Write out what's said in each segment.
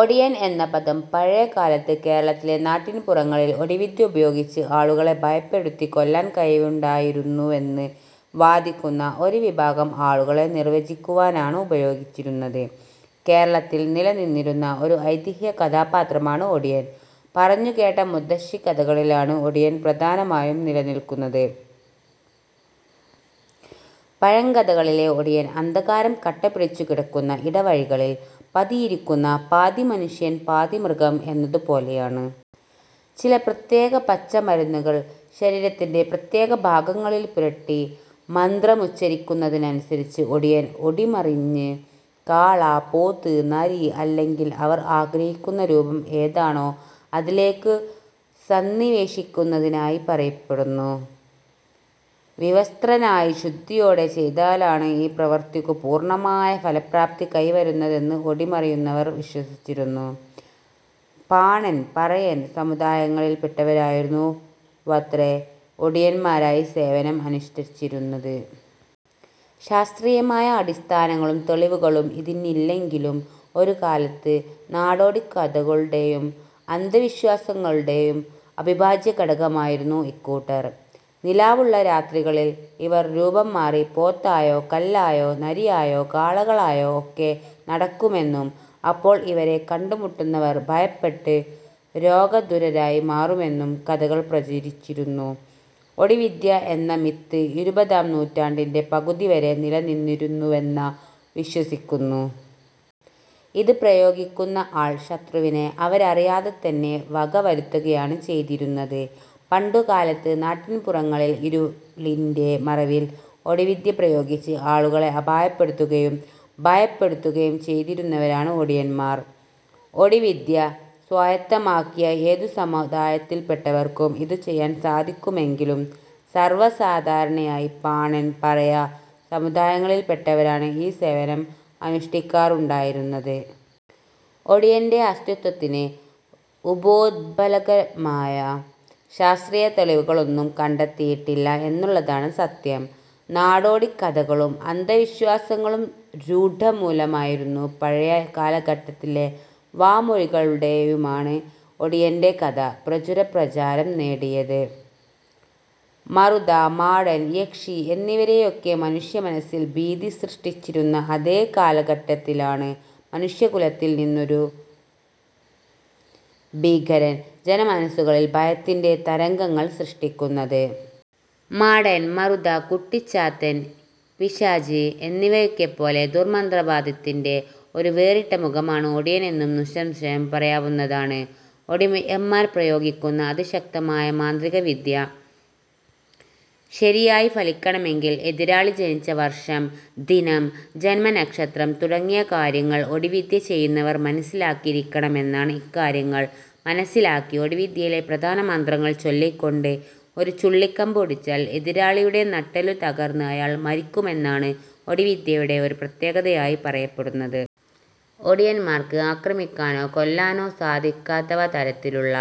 ഒടിയൻ എന്ന പദം പഴയകാലത്ത് കേരളത്തിലെ നാട്ടിൻപുറങ്ങളിൽ ഒടിവിദ്യ ഉപയോഗിച്ച് ആളുകളെ ഭയപ്പെടുത്തി കൊല്ലാൻ കഴിവുണ്ടായിരുന്നുവെന്ന് വാദിക്കുന്ന ഒരു വിഭാഗം ആളുകളെ നിർവ്വചിക്കുവാനാണ് ഉപയോഗിച്ചിരുന്നത്. കേരളത്തിൽ നിലനിന്നിരുന്ന ഒരു ഐതിഹ്യ കഥാപാത്രമാണ് ഒടിയൻ. പറഞ്ഞുകേട്ട മുത്തശ്ശിക്കഥകളിലാണ് ഒടിയൻ പ്രധാനമായും നിലനിൽക്കുന്നത്. പഴങ്കഥകളിലെ ഒടിയൻ, അന്ധകാരം കട്ടപിടിച്ചു കിടക്കുന്ന ഇടവഴികളിൽ പതിയിരിക്കുന്ന പാതി മനുഷ്യൻ പാതി മൃഗം എന്നതു പോലെയാണ്. ചില പ്രത്യേക പച്ചമരുന്നുകൾ ശരീരത്തിൻറെ പ്രത്യേക ഭാഗങ്ങളിൽ പുരട്ടി മന്ത്രമുഛരിക്കുന്നതനുസരിച്ച് ഒടിയൻ ഒടിമറിഞ്ഞ് കാള, പോത്ത്, നരി അല്ലെങ്കിൽ അവർ ആഗ്രഹിക്കുന്ന രൂപം ഏതാണോ അതിലേയ്ക്കു സന്നിവേശിക്കുന്നതായി പറയപ്പെടുന്നു. വിവസ്ത്രനായി ശുദ്ധിയോടെ ചെയ്താലാണ് ഈ പ്രവർത്തിക്കു പൂർണ്ണമായ ഫലപ്രാപ്തി കൈവരുന്നതെന്ന് ഒടിമറിയുന്നവർ വിശ്വസിച്ചിരുന്നു. പാണൻ, പറയൻ സമുദായങ്ങളിൽപ്പെട്ടവരായിരുന്നുവത്രേ ഒടിയൻമാരായി സേവനം അനുഷ്ഠിച്ചിരുന്നത്. ശാസ്ത്രീയമായ അടിസ്ഥാനങ്ങളും തെളിവുകളും ഇതിന്നില്ലെങ്കിലും, ഒരുകാലത്ത് നടോടിക്കഥകളുടെയും, അന്ധവിശ്വാസങ്ങളുടെയും അവിഭാജ്യ ഘടകമായിരുന്നു ഇക്കൂട്ടർ. നിലാവുള്ള രാത്രികളിൽ ഇവർ രൂപം മാറി പോത്തായോ കല്ലായോ നരിയായോ കാളകളായോ ഒക്കെ നടക്കുമെന്നും, അപ്പോൾ ഇവരെ കണ്ടുമുട്ടുന്നവർ ഭയപ്പെട്ട് രോഗാതുരരായി മാറുമെന്നും കഥകൾ പ്രചരിച്ചിരുന്നു. ഒടിവിദ്യ എന്ന മിത്ത് ഇരുപതാം നൂറ്റാണ്ടിന്റെ പകുതി വരെ നിലനിന്നിരുന്നുവെന്ന വിശ്വസിക്കുന്നു. ഇത് പ്രയോഗിക്കുന്ന ആൾ ശത്രുവിനെ അവരറിയാതെ തന്നെ വക വരുത്തുകയാണ് ചെയ്തിരുന്നത്. പണ്ടുകാലത്ത് നാട്ടിൻപുറങ്ങളിൽ ഇരുളിൻറെ മറവിൽ ഒടിവിദ്യ പ്രയോഗിച്ച് ആളുകളെ അപായപ്പെടുത്തുകയും ഭയപ്പെടുത്തുകയും ചെയ്തിരുന്നവരാണ് ഒടിയന്മാർ. ഒടിവിദ്യ സ്വായത്തമാക്കിയ ഏതു സമുദായത്തിൽപ്പെട്ടവർക്കും ഇതു ചെയ്യാൻ സാധിക്കുമെങ്കിലും സർവ്വസാധാരണയായി പാണൻ, പറയ സമുദായങ്ങളിൽപ്പെട്ടവരാണ് ഈ സേവനം അനുഷ്ടിക്കാറുണ്ടായിരുന്നത്. ഒടിയൻറെ അസ്തിത്വത്തിന് ഉപോദ്ബലകമായ ശാസ്ത്രീയ തെളിവുകളൊന്നും കണ്ടെത്തിയിട്ടില്ല എന്നുള്ളതാണ് സത്യം. നാടോടിക്കഥകളും അന്ധവിശ്വാസങ്ങളും രൂഢമൂലമായിരുന്ന പഴയ കാലഘട്ടത്തിലെ വാമൊഴികളിലൂടെയുമാണ് ഒടിയൻറ കഥ പ്രചുര പ്രചാരം നേടിയത്. മറുത, മാടൻ, യക്ഷി എന്നിവരൊക്കെ മനുഷ്യമനസ്സിൽ ഭീതി സൃഷ്ടിച്ചിരുന്ന അതേ കാലഘട്ടത്തിലാണ് മനുഷ്യ കുലത്തിൽ നിന്നൊരു ഭീകരൻ ജനമനസുകളിൽ ഭയത്തിൻറെ തരംഗങ്ങൾ സൃഷ്ടിക്കുന്നത്. മാടൻ, മറുത, കുട്ടിച്ചാത്തൻ, പിശാച് എന്നിവയൊക്കെ പോലെ ദുര്മന്ത്രവാദത്തിന്റെ ഒരു വേറിട്ട മുഖമാണ് ഒടിയനെന്നു നിസ്സംശയം പറയാവുന്നതാണ്. ഒടിയൻമാർ പ്രയോഗിക്കുന്ന അതിശക്തമായ മാന്ത്രികവിദ്യ ശരിയായി ഫലിക്കണമെങ്കിൽ എതിരാളി ജനിച്ച വർഷം, ദിനം, ജൻമനക്ഷത്രം തുടങ്ങിയ കാര്യങ്ങൾ ഒടിവിദ്യ ചെയ്യുന്നവർ മനസ്സിലാക്കിയിരിക്കമെന്നാണ്. ഇക്കാര്യങ്ങൾ മനസ്സിലാക്കി ഒടിവിദ്യയിലെ പ്രധാന മന്ത്രങ്ങൾ ചൊല്ലിക്കൊണ്ട് ഒരു ചുള്ളിക്കമ്പ് ഒടിച്ചാൽ എതിരാളിയുടെ നട്ടെല്ലു തകർന്ന് അയാൾ മരിക്കുമെന്നാണ് ഒടിവിദ്യയുടെ ഒരു പ്രത്യേകതയായി പറയപ്പെടുന്നത്. ഒടിയന്മാർക്ക് ആക്രമിക്കാനോ കൊല്ലാനോ സാധിക്കാത്തവ തരത്തിലുള്ള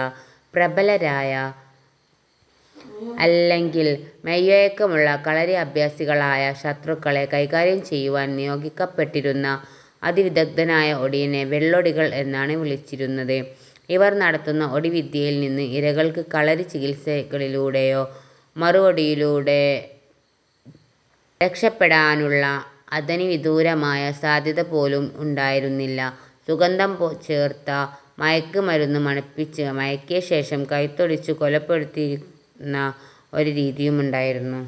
പ്രബലരായ അല്ലെങ്കിൽ മെയ്വഴക്കമുള്ള കളരിഅഭ്യസികളായ ശത്രുക്കളെ കൈകാര്യം ചെയ്യുവാൻ നിയോഗിക്കപ്പെട്ടിരുന്ന അതിവിദഗ്ദ്ധനായ ഒടിയനെ "വെള്ളൊടികൾ" എന്നാണ് വിളിച്ചിരുന്നത്. ഇവർ നടത്തുന്ന ഒടി വിദ്യയിൽനിന്ന് ഇരകൾക്ക് കളരി ചികിത്സകളിലൂടെയോ മറുവൊടിയിലൂടെ രക്ഷപ്പെടാനുള്ള അനതിവിദൂരമായ സാധ്യതപോലും ഉണ്ടായിരുന്നില്ല. സുഗന്ധം ചേർത്ത മയക്ക് മരുന്ന് മണപ്പിച്ച് മയക്കിയ ശേഷം കഴുത്തൊടിച്ചു കൊലപ്പെടുത്തിയിരുന്ന ഒരു രീതിയുമുണ്ടായിരുന്നു.